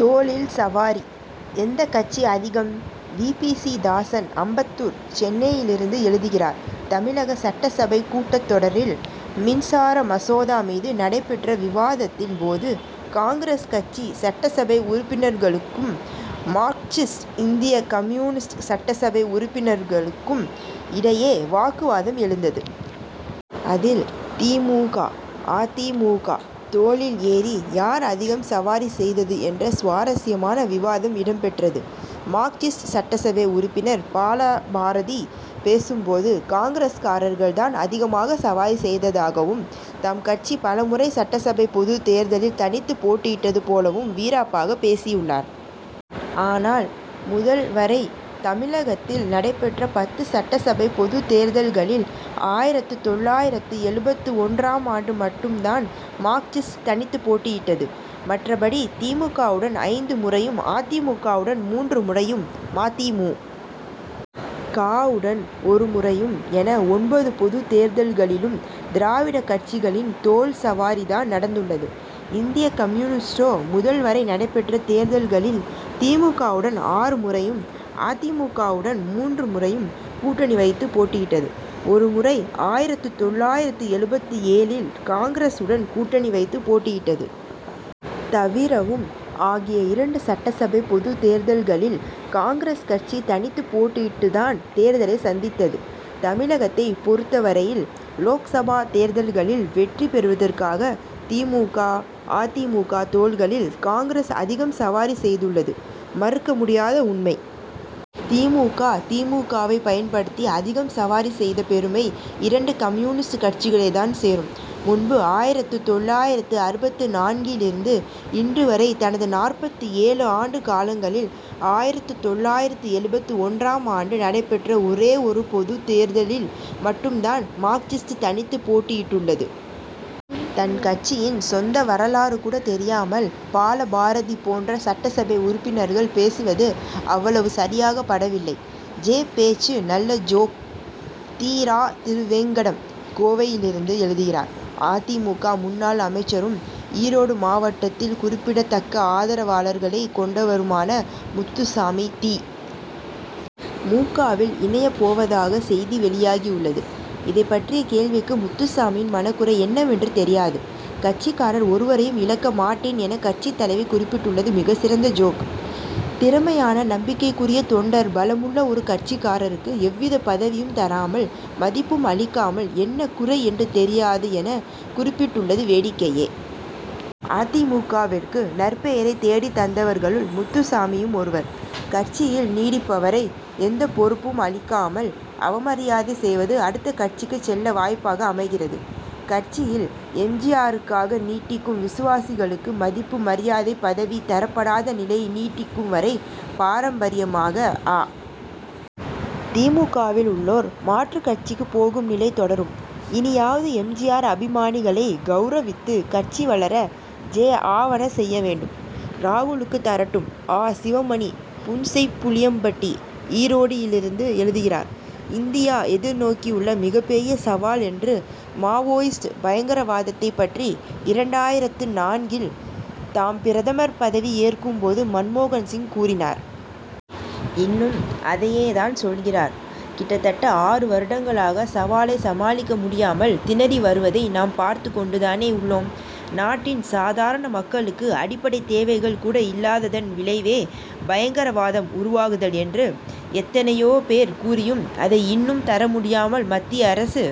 தோளில் சவாரி எந்தக் கட்சி அதிகம்? வி. பி. சி. தாசன், அம்பத்தூர், சென்னையிலிருந்து எழுதுகிறார் தமிழக சட்டசபை கூட்டத் தொடரில், மின்சார மசோதா மீது நடைபெற்ற விவாதத்தின் போது, காங்கிரஸ் கட்சி சட்டசபை உறுப்பினர்களுக்கும், மார்க்சிஸ்ட், இந்திய கம்யூனிஸ்ட் சட்டசபை உறுப்பினர்களுக்கும் இடையே வாக்குவாதம் எழுந்தது. அதில், தி. மு. க., அ. தி. மு. க., தோளில் ஏறி, யார் அதிகம் சவாரி செய்தது என்ற சுவாரசியமான விவாதம் இடம்பெற்றது. மார்க்சிஸ்ட் சட்டசபை உறுப்பினர் பாலபாரதி பேசும்போது, காங்கிரஸ்காரர்கள் தான் அதிகமாக சவாரி செய்ததாகவும், தம்கட்சி பலமுறை சட்டசபை பொதுத்தேர்தலில், தனித்து போட்டியிட்டது போலவும் வீராப்பாக பேசியுள்ளார். ஆனால், முதல், வரை, தமிழகத்தில் நடைபெற்ற பத்து சட்டசபை பொதுத் தேர்தல்களில், ஆயிரத்து தொள்ளாயிரத்து எழுபத்து ஒன்றாம் ஆண்டு மட்டும்தான் மார்க்சிஸ்ட் தனித்து போட்டியிட்டது. மற்றபடி, தி. மு. க.,வுடன் ஐந்து முறையும், அ. தி. மு. க.,வுடன் மூன்று முறையும், ம. தி. மு. க.,வுடன் ஒருமுறையும் என, ஒன்பது பொதுத் தேர்தல்களிலும், திராவிடக் கட்சிகளின், தோள் சவாரி தான் நடந்துள்ளது. இந்திய கம்யூனிஸ்டோ, முதல், வரை நடைபெற்ற தேர்தல்களில், தி. மு. க.,வுடன் ஆறு முறையும், அ. தி. மு. க.,வுடன் மூன்று முறையும் கூட்டணி வைத்து போட்டியிட்டது. ஒரு முறை, ஆயிரத்து தொள்ளாயிரத்து எழுபத்து ஏழில், காங்கிரஸ் உடன் கூட்டணி வைத்து போட்டியிட்டது. தவிரவும், ஆகிய இரண்டு சட்டசபை பொதுத் தேர்தல்களில், காங்கிரஸ் கட்சி தனித்து போட்டியிட்டுதான் தேர்தலை சந்தித்தது. தமிழகத்தை பொறுத்த வரையில், லோக்சபா தேர்தல்களில், வெற்றி பெறுவதற்காக, தி. மு. க., அ. தி. மு. க., தோள்களில் காங்கிரஸ் அதிகம் சவாரி செய்துள்ளது, மறுக்க முடியாத உண்மை. தி. மு. க., தி. மு. க.,வை பயன்படுத்தி, அதிகம் சவாரி செய்த பெருமை, இரண்டு கம்யூனிஸ்ட் கட்சிகளைத் தான் சேரும். முன்பு ஆயிரத்து தொள்ளாயிரத்து அறுபத்து நான்கிலிருந்து, இன்று வரை, தனது நாற்பத்து ஏழு ஆண்டு காலங்களில், ஆயிரத்து தொள்ளாயிரத்து எழுபத்து ஒன்றாம் ஆண்டு நடைபெற்ற ஒரே ஒரு பொதுத் தேர்தலில் மட்டும் தான், மார்க்சிஸ்ட் தனித்து போட்டியிட்டுள்ளது. தன் கட்சியின் சொந்த வரலாறு கூட தெரியாமல், பாலபாரதி போன்ற சட்டசபை உறுப்பினர்கள் பேசுவது, அவ்வளவு சரியாகப்படவில்லை. ஜெ., பேச்சு நல்ல ஜோக் தி. ரா. திருவேங்கடம், கோவையிலிருந்து எழுதுகிறார் அ. தி. மு. க., முன்னாள் அமைச்சரும், ஈரோடு மாவட்டத்தில் குறிப்பிடத் தக்க ஆதரவாளர்களை கொண்டவருமான முத்துசாமி, தி. மு. க.,வில் இணைய போவதாக செய்தி வெளியாகியுள்ளது. இதைப்பற்றிய கேள்விக்கு, முத்துசாமியின் மனக்குறை என்னவென்று தெரியாது; கட்சிக்காரர் ஒருவரையும் இழக்க மாட்டேன் என, கட்சித்தலைவி குறிப்பிட்டுள்ளது, மிகச் சிறந்த ஜோக். திறமையான, நம்பிக்கைக்குரிய தொண்டர் பலமுள்ள ஒரு கட்சிக்காரருக்கு, எவ்வித பதவியும்தராமல், மதிப்பும் அளிக்காமல், என்ன குறை என்று தெரியாது எனக் குறிப்பிட்டுள்ளது வேடிக்கையே! அ. தி. மு. க.,விற்கு நற்பெயரை தேடித் தந்தவர்களுள் முத்துசாமியும் ஒருவர். கட்சியில் நீடிப்பவரை, எந்தப் பொறுப்பும் அளிக்காமல் அவமரியாதை செய்வது, அடுத்த கட்சிக்கு செல்ல வாய்ப்பாக அமைகிறது. கட்சியில் எம். ஜி. ஆருக்காக நீடிக்கும் விசுவாசிகளுக்கு, மதிப்பு, மரியாதை, பதவி தரப்படாத நிலை நீடிக்கும் வரை, பாரம்பரியமாக அ. தி. மு. க., வில் உள்ளோர், மாற்றுக் கட்சிக்கு போகும் நிலை தொடரும். இனியாவது எம். ஜி. ஆர் அபிமானிகளை கவுரவித்து, கட்சி வளர ஜெ., ஆவன செய்ய வேண்டும்! ராகுலுக்கு தரட்டும் ஆ. சிவமணி, புன்செய்ப்புளியம்பட்டி, ஈரோடியிலிருந்து எழுதுகிறார் இந்தியா எதிர்நோக்கியுள்ள மிகப்பெரிய சவால் என்று, மாவோயிஸ்ட் பயங்கரவாதத்தை பற்றி, இரண்டாயிரத்து நான்கில் தாம் பிரதமர் பதவி ஏற்கும் போது மன்மோகன்சிங் கூறினார். இன்னும் அதையே தான் சொல்கிறார். கிட்டத்தட்ட ஆறு வருடங்களாக, சவாலை சமாளிக்க முடியாமல் திணறி வருவதை நாம் பார்த்து கொண்டு தானே உள்ளோம். நாட்டின் சாதாரண மக்களுக்கு, அடிப்படைத் தேவைகள் கூட இல்லாததன் விளைவே, பயங்கரவாதம் உருவாகுதல் என்று எத்தனையோ பேர் கூறியும், அதை இன்னும் தரமுடியாமல், மத்திய அரசு